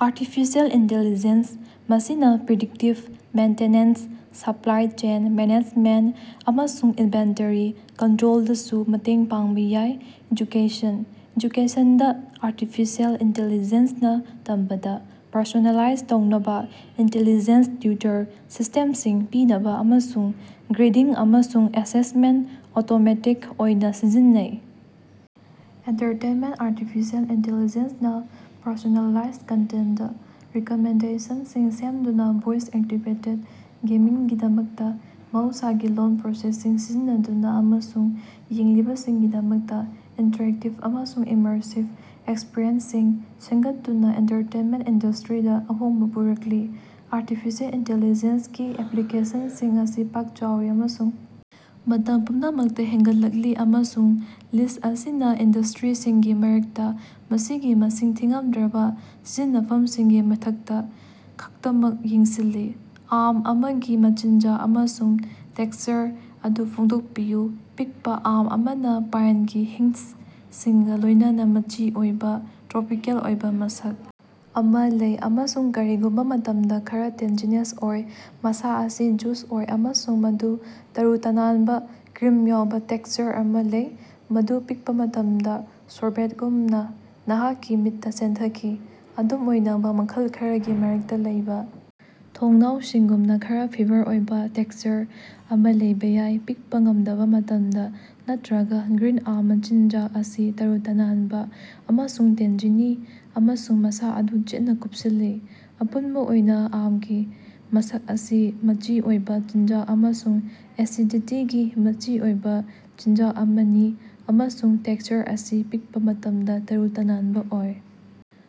Artificial intelligence ꯃꯁꯤꯅ predictive maintenance, supply chain management ꯑꯃꯁꯨꯡ inventory ꯀꯟꯇ꯭ꯔꯣꯜꯗꯁꯨ ꯃꯇꯦꯡ ꯄꯥꯡꯕ ꯌꯥꯏ꯫ ꯑꯦꯖꯨꯀꯦꯁꯟ: ꯑꯦꯖꯨꯀꯦꯁꯟꯗ ꯑꯥꯔꯇꯤꯐꯤꯁꯤꯑꯦꯜ ꯏꯟꯇꯦꯂꯤꯖꯦꯟꯁ ꯅ ꯇꯝꯕꯗ ꯄꯔꯁꯣꯅꯦꯂꯥꯏꯖ ꯇꯧꯅꯕ, ꯏꯟꯇꯦꯂꯤꯖꯦꯟꯇ ꯇꯤꯎꯇꯔ ꯁꯤꯁꯇꯦꯝꯁꯤꯡ ꯄꯤꯅꯕ ꯑꯃꯁꯨꯡ ꯒ꯭ꯔꯦꯗꯤꯡ ꯑꯃꯁꯨꯡ ꯑꯦꯁꯦꯁꯃꯦꯟꯇ ꯑꯣꯇꯣꯃꯦꯇꯤꯛ ꯑꯣꯏꯅ ꯁꯤꯖꯤꯟꯅꯩ꯫ ꯑꯦꯟꯇꯔꯇꯦꯟꯃꯦꯟꯇ: ꯑꯥꯔꯇꯤꯐꯤꯁꯤꯑꯦꯜ ꯏꯟꯇꯦꯂꯤꯖꯦꯟꯁ ꯅ ꯄꯔꯁꯣꯅꯦꯂꯥꯏꯖ ꯀꯟꯇꯦꯟꯇ ꯔꯤꯀꯃꯦꯟꯗꯦꯁꯟꯁꯤꯡ ꯁꯦꯞꯗꯨꯅ, ꯚꯣꯏꯁ-ꯑꯦꯛꯇꯤꯚꯦꯇꯦꯗ ꯒꯦꯃꯤꯡꯒꯤꯗꯃꯛꯇ ꯃꯍꯧꯁꯥꯒꯤ ꯂꯣꯜ ꯄ꯭ꯔꯣꯁꯦꯁꯤꯡ ꯁꯤꯖꯤꯟꯅꯗꯨꯅ ꯑꯃꯁꯨꯡ ꯌꯦꯡꯂꯤꯕꯁꯤꯡꯒꯤꯗꯃꯛꯇ ꯏꯟꯇꯔꯦꯛꯇꯤꯚ ꯑꯃꯁꯨꯡ ꯏꯃꯔꯁꯤꯚ ꯑꯦꯛꯁꯄꯔꯤꯌꯦꯟꯁꯁꯤꯡ ꯁꯦꯝꯒꯠꯇꯨꯅ ꯑꯦꯟꯇꯔꯇꯦꯟꯃꯦꯟꯇ ꯏꯟꯗꯁꯗ꯭ꯔꯤꯗ ꯑꯍꯣꯡꯕ ꯄꯨꯔꯛꯂꯤ꯫ ꯑꯥꯔꯇꯤꯐꯤꯁꯤꯑꯦꯜ ꯏꯟꯇꯦꯂꯤꯖꯦꯟꯁ ꯒꯤ ꯑꯦꯄ꯭ꯂꯤꯀꯦꯁꯟꯁꯤꯡ ꯑꯁꯤ ꯄꯥꯛ ꯆꯥꯎꯏ ꯑꯃꯁꯨꯡ ꯃꯇꯝ ꯄꯨꯝꯅꯃꯛꯇ ꯍꯦꯟꯒꯠꯂꯛꯂꯤ ꯑꯃꯁꯨꯡ ꯂꯤꯁ꯭ꯠ ꯑꯁꯤꯅ ꯏꯟꯗꯁꯇ꯭ꯔꯤꯁꯤꯡꯒꯤ ꯃꯔꯛꯇ ꯃꯁꯤꯒꯤ ꯃꯁꯤꯡ ꯊꯤꯉꯝꯗ꯭ꯔꯕ ꯁꯤꯖꯤꯟꯅꯐꯝꯁꯤꯡꯒꯤ ꯃꯊꯛꯇ ꯈꯛꯇꯃꯛ ꯌꯦꯡꯁꯤꯜꯂꯤ꯫ ꯑꯥꯝ ꯑꯃꯒꯤ ꯃꯆꯤꯟꯖꯥꯛ ꯑꯃꯁꯨꯡ ꯇꯦꯛꯁꯆꯔ ꯑꯗꯨ ꯐꯣꯡꯗꯣꯛꯄꯤꯌꯨ꯫ ꯄꯤꯛꯄ ꯑꯥꯝ ꯑꯃꯅ ꯄꯥꯏꯟꯒꯤ ꯍꯤꯟꯁꯁꯤꯡꯒ ꯂꯣꯏꯅꯅ ꯃꯆꯤ ꯑꯣꯏꯕ, ꯇ꯭ꯔꯣꯄꯤꯀꯦꯜ ꯑꯣꯏꯕ ꯃꯁꯛ ꯑꯃ ꯂꯩ ꯑꯃꯁꯨꯡ ꯀꯔꯤꯒꯨꯝꯕ ꯃꯇꯝꯗ ꯈꯔ ꯇꯦꯟꯖꯤꯅꯦꯁ ꯑꯣꯏ꯫ ꯃꯁꯥ ꯑꯁꯤ ꯖꯨꯁ ꯑꯣꯏ ꯑꯃꯁꯨꯡ ꯃꯗꯨ ꯇꯔꯨ-ꯇꯅꯥꯟꯕ, ꯀ꯭ꯔꯤꯝ ꯌꯥꯎꯕ ꯇꯦꯛꯁꯆꯔ ꯑꯃ ꯂꯩ, ꯃꯗꯨ ꯄꯤꯛꯄ ꯃꯇꯝꯗ ꯁꯣꯔꯕꯦꯇꯒꯨꯝꯅ ꯅꯍꯥꯛꯀꯤ ꯃꯤꯠꯇ ꯆꯦꯟꯊꯈꯤ꯫ ꯑꯗꯨꯝ ꯑꯣꯏꯅꯃꯛ ꯃꯈꯜ ꯈꯔꯒꯤ ꯃꯔꯛꯇ ꯂꯩꯕ ꯊꯣꯡꯅꯥꯎꯁꯤꯡꯒꯨꯝꯅ ꯈꯔ ꯐꯤꯕꯔ ꯑꯣꯏꯕ ꯇꯦꯛꯁꯆꯔ ꯑꯃ ꯂꯩꯕ ꯌꯥꯏ꯫ ꯄꯤꯛꯄ ꯉꯝꯗꯕ ꯃꯇꯝꯗ, ꯅꯠꯇ꯭ꯔꯒ ꯒ꯭ꯔꯤꯟ ꯑꯥꯝ ꯃꯆꯤꯟꯖꯥꯛ ꯑꯁꯤ ꯇꯔꯨ-ꯇꯅꯥꯟꯕ ꯑꯃꯁꯨꯡ ꯇꯦꯟꯖꯤꯅꯤ ꯑꯃꯁꯨꯡ ꯃꯁꯥ ꯑꯗꯨ ꯆꯦꯠꯅ ꯀꯨꯞꯁꯤꯜꯂꯤ꯫ ꯑꯄꯨꯟꯕ ꯑꯣꯏꯅ ꯑꯥꯞꯒꯤ ꯃꯁꯛ ꯑꯁꯤ ꯃꯆꯤ ꯑꯣꯏꯕ ꯆꯤꯟꯖꯥꯛ ꯑꯃꯁꯨꯡ ꯑꯦꯁꯤꯗꯤꯇꯤꯒꯤ ꯃꯆꯤ ꯑꯣꯏꯕ ꯆꯤꯟꯖꯥꯛ ꯑꯃꯅꯤ ꯑꯃꯁꯨꯡ ꯇꯦꯛꯁꯆꯔ ꯑꯁꯤ ꯄꯤꯛꯄ ꯃꯇꯝꯗ ꯇꯔꯨ ꯇꯅꯥꯟꯕ ꯑꯣꯏ꯫।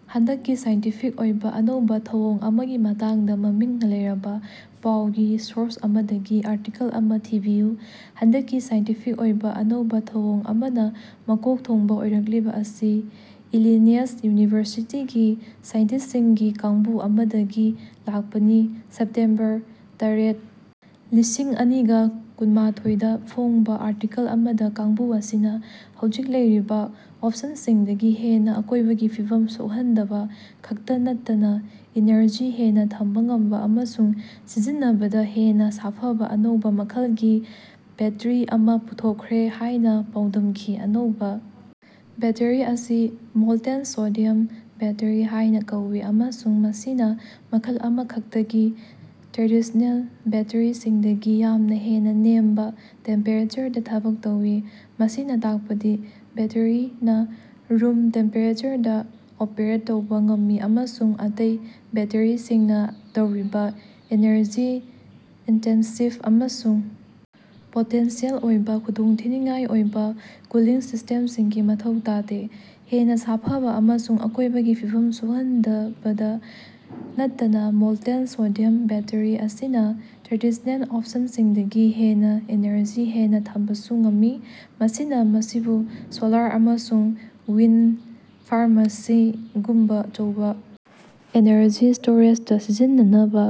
ꯍꯟꯗꯛꯀꯤ ꯁꯥꯏꯟꯇꯤꯐꯤꯛ ꯑꯣꯏꯕ ꯑꯅꯧꯕ ꯊꯧꯑꯣꯡ ꯑꯃꯒꯤ ꯃꯇꯥꯡꯗ ꯃꯃꯤꯡ ꯂꯩꯔꯕ ꯄꯥꯎꯒꯤ ꯁꯣꯔꯁ ꯑꯃꯗꯒꯤ ꯑꯥꯔꯇꯤꯀꯜ ꯑꯃ ꯊꯤꯕꯤꯌꯨ꯫ ꯍꯟꯗꯛꯀꯤ ꯁꯥꯏꯟꯇꯤꯐꯤꯛ ꯑꯣꯏꯕ ꯑꯅꯧꯕ ꯊꯧꯑꯣꯡ ꯑꯃꯅ ꯃꯀꯣꯛ ꯊꯣꯡꯕ ꯑꯣꯏꯔꯛꯂꯤꯕ ꯑꯁꯤ ꯏꯂꯤꯅꯌꯁ ꯌꯨꯅꯤꯚꯔꯁꯤꯇꯤꯒꯤ ꯁꯥꯏꯟꯇꯤꯁꯠꯁꯤꯡꯒꯤ ꯀꯥꯡꯕꯨ ꯑꯃꯗꯒꯤ ꯂꯥꯛꯄꯅꯤ꯫ ꯁꯦꯞꯇꯦꯝꯕꯔ ꯇꯔꯦꯠ, ꯂꯤꯁꯤꯡ ꯑꯅꯤꯒ ꯀꯨꯟꯃꯥꯊꯣꯏꯗ ꯐꯣꯡꯕ ꯑꯥꯔꯇꯤꯀꯜ ꯑꯃꯗ ꯀꯥꯡꯕꯨ ꯑꯁꯤꯅ ꯍꯧꯖꯤꯛ ꯂꯩꯔꯤꯕ ꯑꯣꯞꯁꯟꯁꯤꯡꯗꯒꯤ ꯍꯦꯟꯅ ꯑꯀꯣꯏꯕꯒꯤ ꯐꯤꯚꯝ ꯁꯣꯛꯍꯟꯗꯕ ꯈꯛꯇ ꯅꯠꯇꯅ ꯏꯅꯔꯖꯤ ꯍꯦꯟꯅ ꯊꯝꯕ ꯉꯝꯕ ꯑꯃꯁꯨꯡ ꯁꯤꯖꯤꯟꯅꯕꯗ ꯍꯦꯟꯅ ꯁꯥꯐꯕ ꯑꯅꯧꯕ ꯃꯈꯜꯒꯤ ꯕꯦꯠꯇꯔꯤ ꯑꯃ ꯄꯨꯊꯣꯛꯈ꯭ꯔꯦ ꯍꯥꯏꯅ ꯄꯥꯎꯗꯝꯈꯤ꯫ ꯑꯅꯧꯕ ꯕꯦꯠꯇꯔꯤ ꯑꯁꯤ "ꯃꯣꯜꯇꯦꯟ ꯁꯣꯗꯤꯌꯝ ꯕꯦꯠꯇꯔꯤ" ꯍꯥꯏꯅ ꯀꯧꯏ, ꯑꯃꯁꯨꯡ ꯃꯁꯤꯅ ꯃꯈꯜ ꯑꯃꯈꯛꯇꯒꯤ ꯇ꯭ꯔꯦꯗꯤꯁ꯭ꯅꯦꯜ ꯕꯦꯠꯇꯔꯤꯁꯤꯡꯗꯒꯤ ꯌꯥꯝꯅ ꯍꯦꯟꯅ ꯅꯦꯝꯕ ꯇꯦꯝꯄꯦꯔꯦꯆꯔꯗ ꯊꯕꯛ ꯇꯧꯏ꯫ ꯃꯁꯤꯅ ꯇꯥꯛꯄꯗꯤ ꯕꯦꯠꯇꯔꯤꯅ ꯔꯨꯝ ꯇꯦꯝꯄꯦꯔꯦꯆꯔꯗ ꯑꯣꯄꯔꯦꯠ ꯇꯧꯕ ꯉꯝꯃꯤ ꯑꯃꯁꯨꯡ ꯑꯇꯩ ꯕꯦꯠꯇꯔꯤꯁꯤꯡꯅ ꯇꯧꯔꯤꯕ ꯑꯦꯅꯔꯖꯤ-ꯏꯟꯇꯦꯟꯁꯤꯚ ꯑꯃꯁꯨꯡ ꯄꯣꯇꯦꯟꯁꯤꯑꯦꯜ ꯑꯣꯏꯕ ꯈꯨꯗꯣꯡꯊꯤꯅꯤꯉꯥꯏ ꯑꯣꯏꯕ ꯀꯨꯂꯤꯡ ꯁꯤꯁꯇꯦꯝꯁꯤꯡꯒꯤ ꯃꯊꯧ ꯇꯥꯗꯦ꯫ ꯍꯦꯟꯅ ꯁꯥꯐꯕ ꯑꯃꯁꯨꯡ ꯑꯀꯣꯏꯕꯒꯤ ꯐꯤꯕꯝ ꯁꯣꯛꯍꯟꯗꯕꯇ ꯅꯠꯇꯅ ꯃꯣꯜꯇꯦꯟ ꯁꯣꯗꯤꯌꯝ ꯕꯦꯠꯇꯔꯤ ꯑꯁꯤꯅ ꯇ꯭ꯔꯦꯗꯤꯁ꯭ꯅꯦꯜ ꯑꯣꯞꯁꯟꯁꯤꯡꯗꯒꯤ ꯍꯦꯟꯅ ꯏꯅꯔꯖꯤ ꯍꯦꯟꯅ ꯊꯝꯕꯁꯨ ꯉꯝꯃꯤ꯫ ꯃꯁꯤꯅ ꯃꯁꯤꯕꯨ ꯁꯣꯂꯥꯔ ꯑꯃꯁꯨꯡ ꯋꯤꯟꯗ ꯐꯥꯔꯃꯁꯤꯡꯒꯨꯝꯕ ꯑꯆꯧꯕ ꯏꯅꯔꯖꯤ ꯁ꯭ꯇꯣꯔꯦꯖꯗ ꯁꯤꯖꯤꯟꯅꯅꯕ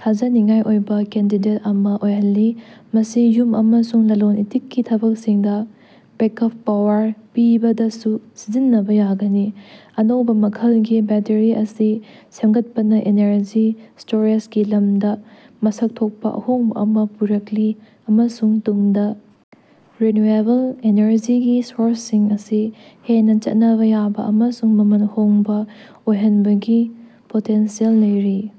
ꯊꯥꯖꯅꯤꯡꯉꯥꯏ ꯑꯣꯏꯕ ꯀꯦꯟꯗꯤꯗꯦꯠ ꯑꯃ ꯑꯣꯏꯍꯜꯂꯤ꯫ ꯃꯁꯤ ꯌꯨꯝ ꯑꯃꯁꯨꯡ ꯂꯂꯣꯟ-ꯏꯇꯤꯛꯀꯤ ꯊꯕꯛꯁꯤꯡꯗ ꯕꯦꯛꯑꯞ ꯄꯥꯋꯔ ꯄꯤꯕꯗꯁꯨ ꯁꯤꯖꯤꯟꯅꯕ ꯌꯥꯒꯅꯤ꯫ ꯑꯅꯧꯕ ꯃꯈꯜꯒꯤ ꯕꯦꯠꯇꯔꯤ ꯑꯁꯤ ꯁꯦꯝꯒꯠꯄꯅ ꯏꯅꯔꯖꯤ ꯁ꯭ꯇꯣꯔꯦꯖꯒꯤ ꯂꯝꯗ ꯃꯁꯛ ꯊꯣꯛꯄ ꯑꯍꯣꯡꯕ ꯑꯃ ꯄꯨꯔꯛꯂꯤ ꯑꯃꯁꯨꯡ ꯇꯨꯡꯗ ꯔꯤꯟꯌꯨꯑꯦꯕꯜ ꯏꯅꯔꯖꯤꯒꯤ ꯁꯣꯔꯁꯁꯤꯡ ꯑꯁꯤ ꯍꯦꯟꯅ ꯆꯠꯅꯕ ꯌꯥꯕ ꯑꯃꯁꯨꯡ ꯃꯃꯜ ꯍꯣꯡꯕ ꯑꯣꯏꯍꯟꯕꯒꯤ ꯄꯣꯇꯦꯟꯁꯤꯌꯦꯜ ꯂꯩꯔꯤ꯫